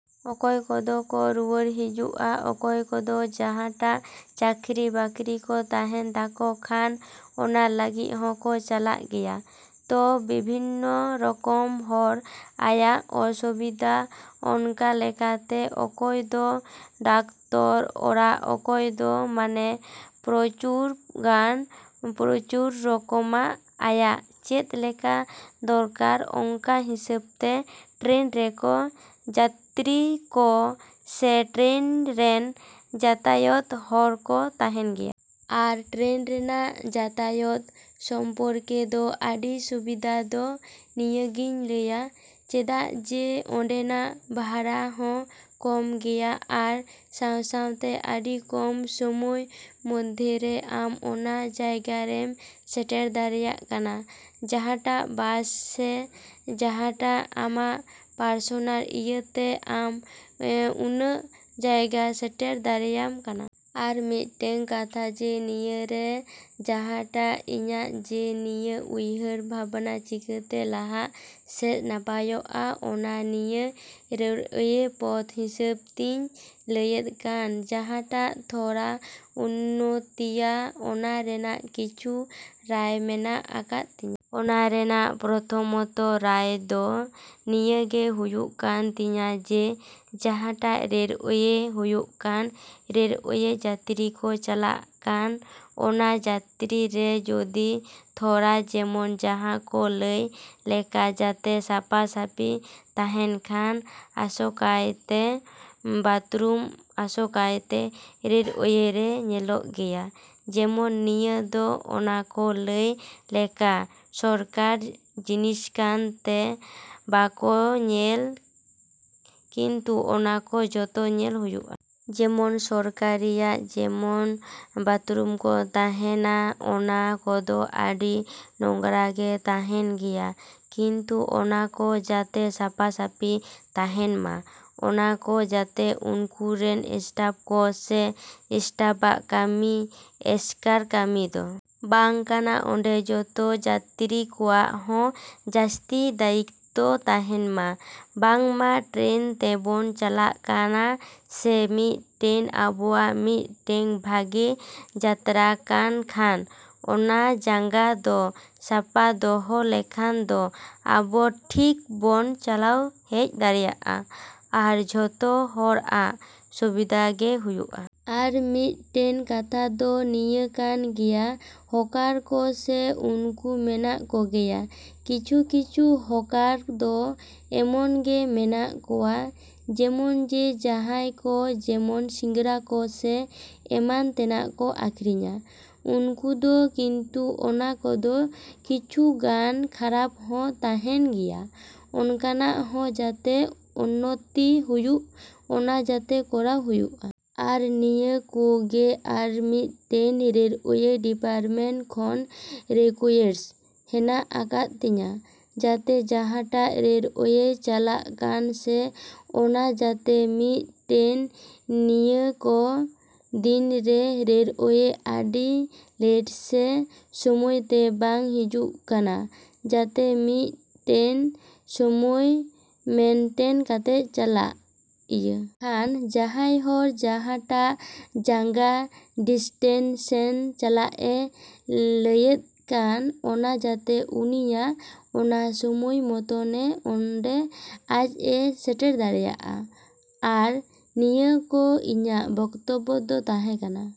ᱚᱠᱚᱭ ᱠᱚᱫᱚ ᱠᱚ ᱨᱩᱭᱟᱹᱲ ᱦᱤᱡᱩᱜᱼᱟ ᱚᱠᱚᱭ ᱫᱚ ᱡᱟᱦᱟᱸᱴᱟᱜ ᱪᱟᱠᱨᱤ ᱵᱟᱠᱨᱤ ᱠᱚ ᱛᱟᱦᱮᱱ ᱛᱟᱠᱚ ᱠᱷᱟᱱ ᱚᱱᱟ ᱞᱟᱹᱜᱤᱫ ᱦᱚᱠᱚ ᱪᱟᱞᱟᱜ ᱜᱮᱭᱟ᱾ ᱛᱚ ᱵᱤᱵᱷᱤᱱᱱᱚ ᱨᱚᱠᱚᱢ ᱦᱚᱲ ᱟᱭᱟᱜ ᱚᱥᱩᱵᱤᱫᱷᱟ ᱚᱱᱠᱟ ᱞᱮᱠᱟᱛᱮ ᱚᱠᱚᱭ ᱫᱚ ᱰᱟᱠᱛᱚᱨ ᱚᱲᱟᱜ ᱚᱠᱚᱭ ᱫᱚ ᱢᱟᱱᱮ ᱯᱨᱚᱪᱩᱨ ᱜᱟᱱ ᱯᱨᱚᱪᱩᱨ ᱨᱚᱠᱚᱢᱟᱜ ᱟᱭᱟᱜ ᱪᱮᱫ ᱞᱮᱠᱟ ᱫᱚᱨᱠᱟᱨ ᱚᱱᱠᱟ ᱦᱤᱥᱟᱹᱵᱽ ᱛᱮ ᱴᱨᱮᱱ ᱨᱮᱠᱚ ᱡᱟᱛᱛᱨᱤ ᱠᱚ ᱥᱮ ᱴᱨᱮᱱ ᱨᱮᱱ ᱡᱟᱛᱟᱭᱟᱛ ᱦᱚᱲ ᱠᱚ ᱛᱟᱦᱮᱱ ᱜᱮᱭᱟ᱾ ᱟᱨ ᱴᱨᱮᱱ ᱨᱮᱭᱟᱜ ᱡᱟᱛᱟᱭᱟᱛ ᱥᱚᱢᱯᱨᱠᱮ ᱫᱚ ᱟᱹᱰᱤ ᱥᱩᱵᱤᱫᱷᱟ ᱫᱚ ᱱᱤᱭᱟᱹ ᱜᱮᱧ ᱞᱟᱹᱭᱟ ᱪᱮᱫᱟᱜ ᱡᱮ ᱚᱸᱰᱮᱱᱟᱜ ᱵᱷᱟᱲᱟ ᱦᱚᱸ ᱠᱚᱢ ᱜᱮᱭᱟ ᱟᱨ ᱥᱟᱶ ᱥᱟᱶᱛᱮ ᱟᱹᱰᱤ ᱠᱚᱢ ᱥᱳᱢᱳᱭ ᱢᱚᱫᱽᱫᱷᱮᱨᱮ ᱟᱢ ᱚᱱᱟ ᱡᱟᱭᱜᱟᱨᱮᱭ ᱥᱮᱴᱮᱨ ᱫᱟᱲᱮᱭᱟᱢ ᱠᱟᱱᱟ ᱡᱟᱦᱟᱸᱴᱟᱜ ᱵᱟᱥ ᱥᱮ ᱡᱟᱦᱟᱴᱟᱜ ᱟᱢᱟᱜ ᱯᱟᱨᱥᱚᱱᱟᱞ ᱤᱭᱟᱹᱛᱮ ᱟᱢ ᱩᱱᱟᱹ ᱡᱟᱭᱜᱟᱢ ᱥᱮᱴᱮᱨ ᱫᱟᱲᱮᱭᱟᱜ ᱠᱟᱱᱟ᱾ ᱟᱨ ᱢᱤᱫ ᱴᱮᱱ ᱠᱟᱛᱷᱟ ᱡᱮ ᱱᱤᱭᱟᱹᱨᱮ ᱡᱟᱦᱟ ᱴᱟᱜ ᱤᱧᱟᱹᱜ ᱡᱮ ᱱᱤᱭᱟᱹ ᱩᱭᱦᱟ.ᱨ ᱵᱷᱟᱵᱱᱟ ᱪᱤᱠᱟᱹᱛᱮ ᱞᱟᱦᱟ ᱥᱮᱱ ᱱᱟᱯᱟᱭ ᱚᱜ-ᱟ ᱚᱱᱟ ᱱᱤᱭᱟᱹ ᱨᱮᱞᱳᱣᱮ ᱯᱚᱫᱽ ᱦᱤᱥᱟᱹᱵ ᱛᱤᱧ ᱞᱟᱹᱭᱮᱫ ᱠᱟᱱ ᱡᱟᱦᱟᱸᱴᱟᱜ ᱛᱷᱚᱲᱟ ᱩᱱᱱᱚᱛᱤᱭᱟ ᱚᱱᱟ ᱨᱮᱭᱟᱜ ᱠᱤᱪᱷᱩ ᱨᱟᱭ ᱢᱮᱱᱟᱜ ᱟᱠᱟᱫ ᱛᱤᱧᱟ᱾ ᱚᱱᱟ ᱨᱮᱭᱟᱜ ᱯᱨᱚᱛᱷᱚᱢᱚᱛᱚ ᱨᱟᱭ ᱫᱚ ᱱᱤᱭᱟᱹᱜᱮ ᱦᱳᱭᱳᱜ ᱠᱟᱱ ᱛᱤᱧᱟ ᱡᱮ ᱡᱟᱦᱟᱸᱴᱟᱜ ᱨᱮᱞᱳᱣᱮ ᱦᱳᱭᱳᱜ ᱠᱟᱱ ᱨᱮᱞᱳᱣᱮ ᱡᱟᱛᱨᱤ ᱠᱚ ᱪᱟᱞᱟᱜ ᱠᱟᱱ ᱚᱱᱟ ᱡᱟᱛᱛᱨᱤ ᱨᱮ ᱡᱩᱫᱤ ᱛᱷᱚᱲᱟ ᱡᱮᱢᱚᱱ ᱡᱟᱦᱟᱸ ᱠᱚ ᱞᱟᱹᱭ ᱞᱮᱠᱟ ᱡᱟᱛᱮ ᱥᱟᱯᱷᱟ ᱥᱟᱹᱯᱷᱤ ᱛᱟᱦᱮᱱ ᱠᱷᱟᱱ ᱟᱥᱚᱠᱟᱭᱛᱮ ᱵᱟᱛᱨᱩᱢ ᱟᱥᱚᱠᱟᱭᱛᱮ ᱨᱮᱞᱳᱣᱮ ᱨᱮ ᱧᱮᱞᱚᱜ ᱜᱮᱭᱟ ᱡᱮᱢᱚᱱ ᱱᱤᱭᱟᱹ ᱫᱚ ᱚᱱᱮ ᱠᱚ ᱞᱟᱹᱭ ᱞᱮᱠᱟ ᱥᱚᱨᱠᱟᱨᱤ ᱡᱤᱱᱤᱥ ᱠᱟᱱ ᱛᱮ ᱵᱟᱠᱚ ᱧᱮᱞᱟ ᱠᱤᱱᱛᱩ ᱚᱱᱟ ᱠᱚ ᱡᱷᱚᱛᱚ ᱧᱮᱞ ᱦᱳᱭᱳᱜᱼᱟ᱾ ᱡᱮᱢᱚᱱ ᱥᱚᱨᱠᱟᱨᱤᱭᱟᱜ ᱡᱮᱢᱚᱱ ᱵᱟᱛᱷᱨᱩᱢ ᱠᱚ ᱛᱟᱦᱮᱱᱟ ᱚᱱᱟ ᱠᱚᱫᱚ ᱟᱹᱰᱤ ᱱᱚᱜᱽᱨᱟ ᱜᱮ ᱛᱟᱦᱮᱱ ᱜᱮᱭᱟ ᱠᱤᱱᱛᱩ ᱚᱱᱟᱠᱚ ᱡᱟᱛᱮ ᱥᱟᱯᱷᱟ ᱥᱟᱹᱯᱷᱤ ᱛᱟᱦᱮᱱ ᱢᱟ᱾ ᱚᱱᱟ ᱠᱚ ᱡᱟᱛᱮ ᱩᱱᱠᱩ ᱨᱮᱱ ᱥᱴᱟᱯ ᱠᱚ ᱥᱮ ᱥᱴᱟᱯᱟᱜ ᱠᱟᱢᱤ ᱮᱥᱠᱟᱨ ᱠᱟᱹᱢᱤ ᱫᱚ ᱵᱟᱝ ᱠᱟᱱᱟ ᱚᱸᱰᱮ ᱡᱚᱛᱚ ᱡᱟᱛᱨᱤ ᱠᱚᱣᱟᱜ ᱦᱚᱸ ᱡᱟᱥᱛᱤ ᱫᱟᱭᱤᱛᱛᱚ ᱛᱟᱦᱮᱱᱢᱟ ᱵᱟᱝᱢᱟ ᱴᱨᱮᱱ ᱛᱮᱵᱚᱱ ᱪᱟᱞᱟᱜ ᱠᱟᱱᱟ ᱥᱮ ᱢᱤᱫ ᱴᱮᱱ ᱟᱵᱚᱣᱟᱜ ᱢᱤᱫ ᱴᱮᱱ ᱵᱷᱟᱜᱮ ᱡᱟᱛᱛᱨᱟ ᱠᱟᱱ ᱠᱷᱟᱱ ᱚᱱᱟ ᱡᱟᱸᱜᱟ ᱫᱚ ᱥᱟᱯᱷᱟ ᱫᱚᱦᱚ ᱞᱮᱠᱷᱟᱱ ᱫᱚ ᱟᱵᱚ ᱴᱷᱤᱠ ᱵᱚᱱ ᱪᱟᱞᱟᱣ ᱦᱮᱡ ᱫᱟᱲᱮᱭᱟᱜᱼᱟ ᱟᱨ ᱡᱷᱚᱛᱚ ᱦᱚᱲᱟᱜ ᱥᱩᱵᱤᱫᱷᱟ ᱜᱮ ᱦᱳᱭᱳᱜᱼᱟ᱾ ᱟᱨ ᱢᱤᱫ ᱴᱮᱱ ᱠᱟᱛᱷᱟ ᱫᱚ ᱱᱤᱭᱟᱹ ᱠᱟᱱ ᱜᱮᱭᱟ ᱦᱚᱠᱟᱨ ᱠᱚ ᱥᱮ ᱩᱱᱠᱩ ᱢᱮᱱᱟᱜ ᱠᱚᱜᱮᱭᱟ ᱠᱤᱪᱷᱩ ᱠᱤᱪᱷᱩ ᱦᱚᱠᱟᱨ ᱫᱚ ᱮᱢᱚᱱ ᱜᱮ ᱢᱮᱱᱟᱜ ᱠᱚᱣᱟ ᱡᱮᱢᱚᱱ ᱡᱮ ᱡᱟᱦᱟᱸᱭ ᱠᱚ ᱡᱮᱢᱚᱱ ᱥᱤᱜᱟᱹᱲᱟ ᱠᱚ ᱥᱮ ᱮᱢᱟᱱ ᱛᱮᱭᱟᱜ ᱠᱚ ᱟᱹᱠᱷᱨᱤᱧᱟ ᱩᱱᱠᱩ ᱫᱚ ᱠᱤᱱᱛᱩ ᱚᱱᱟ ᱠᱚᱫᱚ ᱠᱤᱪᱷᱩ ᱜᱟᱱ ᱠᱷᱟᱨᱟᱯ ᱦᱚᱸ ᱛᱟᱦᱮᱱ ᱜᱮᱭᱟ ᱚᱱᱠᱟᱱᱟᱜ ᱦᱚᱸ ᱡᱟᱛᱮ ᱩᱱᱱᱚᱛᱤ ᱦᱳᱭᱳᱜ ᱚᱱᱟ ᱡᱟᱛᱮ ᱠᱚᱨᱟᱣ ᱦᱳᱭᱳᱜᱼᱟ᱾ ᱟᱨ ᱱᱤᱭᱟᱹ ᱠᱩᱜᱮ ᱟᱨ ᱢᱤᱫ ᱴᱮᱱ ᱨᱮᱞᱳᱣᱮ ᱰᱤᱯᱟᱨᱴᱢᱮᱱᱴ ᱠᱷᱚᱱ ᱨᱤᱠᱩᱭᱮᱥᱴ ᱦᱮᱱᱟᱜ ᱟᱠᱟᱫ ᱛᱤᱧᱟᱹ ᱡᱟᱛᱮ ᱡᱟᱦᱟᱸᱴᱟᱜ ᱨᱮᱞᱳᱣᱮ ᱪᱟᱞᱟᱜ ᱠᱟᱱ ᱥᱮ ᱚᱱᱟ ᱡᱟᱛᱮ ᱢᱤᱫ ᱴᱮᱱ ᱱᱤᱭᱟᱹᱠᱚ ᱫᱤᱱ ᱨᱮ ᱨᱮᱞᱳᱣᱮ ᱟᱹᱰᱤ ᱞᱮᱴ ᱥᱮ ᱥᱳᱢᱚᱭ ᱛᱮ ᱵᱟᱝ ᱦᱤᱡᱩᱜ ᱠᱟᱱᱟ ᱡᱟᱛᱮ ᱢᱤᱫ ᱴᱮᱱ ᱥᱳᱢᱳᱭ ᱢᱮᱱᱴᱮᱱ ᱠᱟᱛᱮ ᱪᱟᱞᱟᱜ ᱾ᱤᱭᱟᱹ ᱠᱷᱟᱱ ᱡᱟᱦᱟᱸᱭ ᱦᱚᱲ ᱡᱟᱦᱟᱸᱴᱟᱜ ᱡᱟᱸᱜᱟ ᱰᱤᱥᱴᱮᱱᱥᱮᱱ ᱪᱟᱞᱟᱜ ᱮ ᱞᱟᱹᱭᱮᱫ ᱠᱟᱱ ᱚᱱᱟ ᱡᱟᱛᱮ ᱩᱱᱤᱭᱟᱜ ᱚᱱᱟ ᱥᱳᱢᱳᱭ ᱢᱚᱛᱚᱨᱮ ᱚᱰᱮ ᱟᱡ ᱮ ᱥᱮᱴᱮᱨ ᱫᱟᱲᱮᱭᱟᱜᱼᱟ᱾ ᱟᱨ ᱱᱤᱭᱟᱹ ᱠᱚ ᱤᱧᱟᱜ ᱵᱚᱠᱛᱚᱵᱽᱵᱚ ᱫᱚ ᱛᱟᱦᱮᱸ ᱠᱟᱱᱟ᱾।